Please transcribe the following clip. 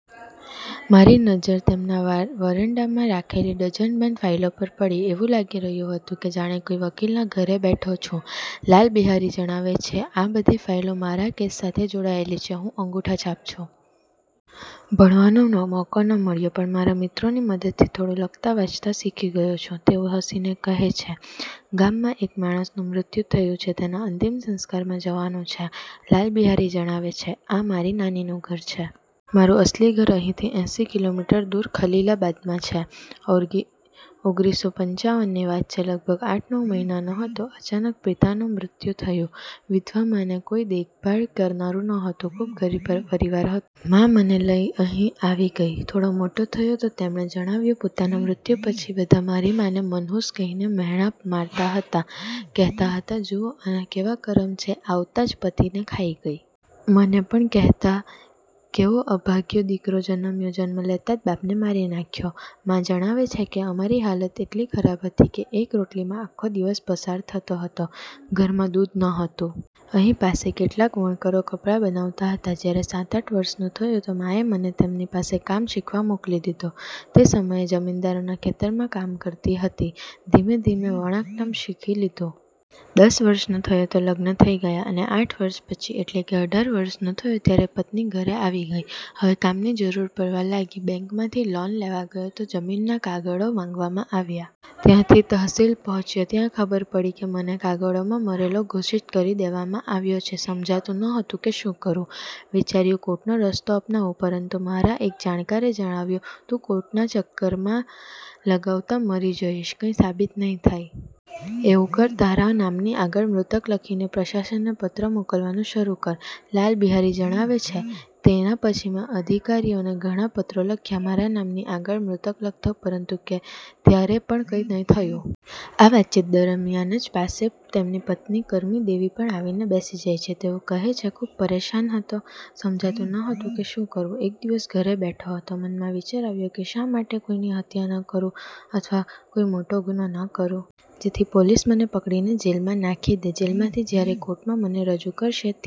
મારી નજર તેમના વરંડામાં રાખેલી ડઝનબંધ ફાઈલો પર પડી. એવું લાગી રહ્યું હતું કે જાણે કોઈ વકીલના ઘરે બેઠો છું. લાલ બિહારી જણાવે છે, "આ બધી ફાઈલો મારા કેસ સાથે જોડાયેલી છે. હું અંગૂઠાછાપ છું. ભણવાનો મોકો ન મળ્યો, પણ મારા મિત્રોની મદદથી થોડું લખતા-વાંચતા શીખી ગયો છું." તેઓ હસીને કહે છે, "ગામમાં એક માણસનું મૃત્યુ થયું છે. તેના અંતિમ સંસ્કારમાં જવાનું છે." લાલ બિહારી જણાવે છે, "આ મારી નાનીનું ઘર છે. મારું અસલી ઘર અહીંથી એંસી કિલોમીટર દૂર ખલીલાબાદમાં છે. ઓગરીસો પંચાવન ની વાત છે. લગભગ આઠ-નવ મહિનાનો હતો. અચાનક પિતાનું મૃત્યુ થયું. વિધવા મા ને કોઈ દેખભાળ કરનારું નહોતું. ખૂબ ગરીબ પરિવાર હતો. મા મને લઈને અહીં આવી ગઈ. થોડો મોટો થયો." તો તેમણે જણાવ્યું, "પિતાના મૃત્યુ પછી બધા મારી માને 'મનહૂસ' કહીને મહેણાં મારતા હતા." કહેતા હતા, "જુઓ, આના કેવા કરમ છે. આવતા જ પતિને ખાઈ ગઈ." મને પણ કહેતા હતા, "કેવો અભાગીયો દીકરો જન્મ્યો. જન્મ લેતા જ બાપને મારી નાખ્યો." મા જણાવે છે કે, "અમારી હાલત એટલી ખરાબ હતી કે એક રોટલીમાં આખો દિવસ પસાર થતો હતો. ઘરમાં દૂધ નહોતું." "અહીં પાસે કેટલાક વણકરો કપડાં બનાવતા હતા. જ્યારે સાત-આઠ વર્ષનો થયો, તો માએ મને તેમની પાસે કામ શીખવા મોકલી દીધો. તે સમયે તે જમીનદારોના ખેતરોમાં કામ કરતી હતી. ધીમે-ધીમે મેં વણાટકામ શીખી લીધું. દસ વર્ષનો થયો તો લગ્ન થઈ ગયા, અને આઠ વર્ષ પછી, એટલે કે અઢાર વર્ષનો થયો ત્યારે પત્ની ઘરે આવી ગઈ. હવે કામની જરૂર પડવા લાગી. બેંકમાંથી લોન લેવા ગયો તો જમીનનો કાગળ માંગવામાં આવ્યા. ત્યાંથી તહસીલ પહોંચ્યો. ત્યાં ખબર પડી કે મને કાગળોમાં મરેલો ઘોષિત કરી દેવામાં આવ્યો છે. સમજાતું નહોતું કે શું કરું? વિચાર્યું, કોર્ટનો રસ્તો અપનાવું, પરંતુ મારા એક જાણકારે જણાવ્યું, "તું કોર્ટમાં ચક્કર લગાવતા મરી જઈશ, કંઈ સાબિત નહીં થાય. એવું કર, તારા નામની આગળ મૃતક લખીને પ્રશાસનને પત્રો મોકલવાનું શરૂ કર." લાલ બિહારી જણાવે છે, "તેના પછી મેં અધિકારીઓને ઘણા પત્રો લખ્યા. મારા નામની આગળ મૃતક લખતો, પરંતુ ત્યારે પણ કંઈ ન થયું." આ વાતચીત દરમિયાન જ પાસે તેમની પત્ની કરમી દેવી પણ આવીને બેસી જાય છે. તેઓ કહે છે, "ખૂબ પરેશાન હતો. સમજાતું નહોતું કે શું કરું? એક દિવસ ઘરે બેઠો હતો. મનમાં વિચાર આવ્યો કે શા માટે કોઈની હત્યા ન કરું અથવા કોઈ મોટો ગુનો ન કરું? જેથી પોલીસ મને પકડીને જેલમાં નાખી દે. જેલમાંથી જ્યારે કોર્ટમાં મને રજૂ કરશે ત્યારે